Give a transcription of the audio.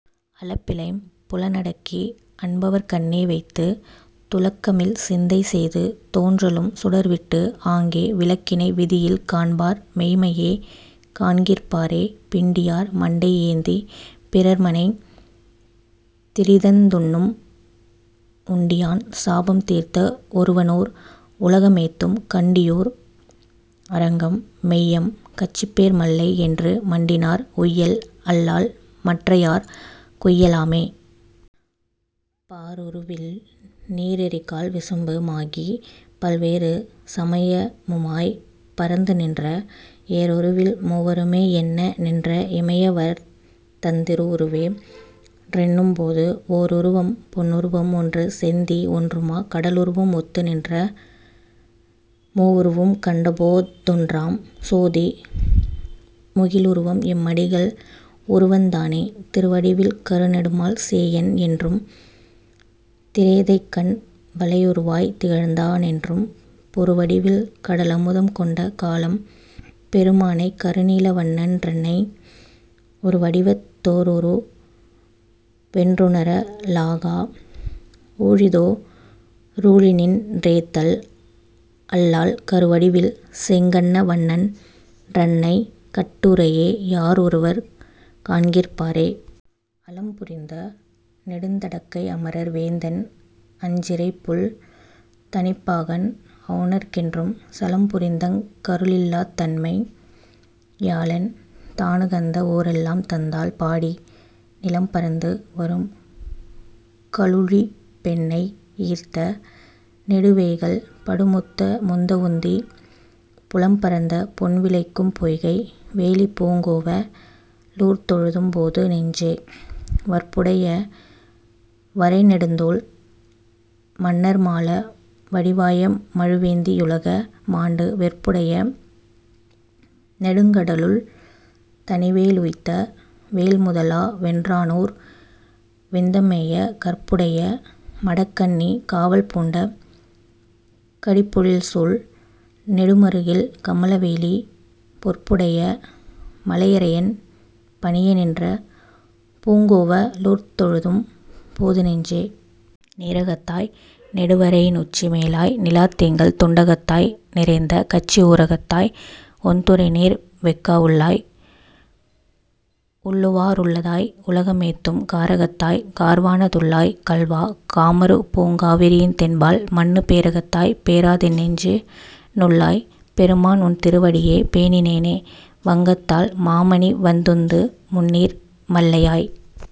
அளப்பிலைம் புலன Ducky அன்பவர் கண்ணே வைத்து, துளக்கமில் சிந்தை செய்து தோன்றலும் சுடர்விட்டு, ஆங்கே விளக்கினை விதியில் காண்பார் மெய்ம்மையே காண்கிற் பாரே பிண்டியார் மண்டை ஏந்திப் பிறர்மனை திரிதந் துண்ணும், உண்டியான் சாபம் தீர்த்த ஒருவனூர், உலக மேத்தும் கண்டியூர் அரங்கம் மெய்யம் கச்சிபேர் மல்லை என்று மண்டினார், உய்யல் அல்லால் மற்றையார்க் குய்ய லாமே? பாருருவில் நீரெரிகால் விசும்பு மாகிப் பல்வேறு சமயமுமாய்ப் பரந்து நின்ற, ஏருருவில் மூவருமே யென்ன நின்ற, இமையவர்தந் திருவுருவே றெண்ணும் போது, ஓருருவம் பொன்னுருவம் ஒன்று செந்தீ ஒன்றுமா கடலுருவம் ஒத்து நின்ற, மூவுருவும் கண்டபோ தொன்றாம் சோதி முகிலுருவம் எம்மடிகள் உருவந் தானே. திருவடிவில் கருநெடுமால் சேயன் என்றும் திரேதைக்கண் வளையுருவாய்த் திகழ்ந்தா னென்றும், பொருவடிவில் கடலமுதம் கொண்ட காலம் பெருமானைக் கருநீல வண்ணன் றன்னை, ஒருவடிவத் தோருருவென் றுணர லாகா ஊழிதோ றூழிநின் றேத்தல் அல்லால், கருவடிவில் செங்கண்ண வண்ணன் றன்னைக் கட்டுரையே யாரொருவர் காண்கிற் பாரே? அலம்புரிந்த நெடுந்தடக்கை அமரர் வேந்தன் அஞ்சிறைப்புள் தனிப்பாகன் அவுணர்க் கென்றும், சலம்புரிந்தங் கருளில்லாத் தன்மை யாளன் தானுகந்த வூரெல்லாம் தந்தாள் பாடி, நிலம்பரந்து வரும்கலுழிப் பெண்ணை யீர்த்த நெடுவேய்கள் படுமுத்த முந்த வுந்தி, புலம்பரந்த பொன்விளைக்கும் பொய்கை வேலிப் பூங்கோவ லூர்த்தொழுதும் போது நெஞ்சே. வற்புடைய வரைநெடுந்தோள் மன்னர் மாள வடிவாய மழுவேந்தி யுலக மாண்டு, வெற்புடைய நெடுங்கடலுள் தனிவே லுய்த்த வேள்முதலா வென்றானூர் விந்தம் மேய, கற்புடைய மடக்கன்னி காவல் பூண்ட கடிபொழில்சூழ் நெடுமறுகில் கமல வேலி, பொற்புடைய மலையரையன் பணிய நின்ற பூங்கோவ லூர்த்தொழுதும் போது நெஞ்சே. நீரகத்தாய். நெடுவரையி னுச்சி மேலாய். நிலாத்திங்கள் துண்டகத்தாய். நிறைந்த கச்சி ஊரகத்தாய், ஒண்துரைநீர் வெஃகா வுள்ளாய். உள்ளுவா ருள்ளத்தாய், உலக மேத்தும் காரகத்தாய். கார்வானத் துள்ளாய். கள்வா. காமருபூங் காவிரியின் தென்பால் மன்னு பேரகத்தாய், பேராதென் நெஞ்சி னுள்ளாய். பெருமான்உன் திருவடியே பேணி னேனே. வங்கத்தால் மாமணிவந் துந்து முந்நீர் மல்லையாய்.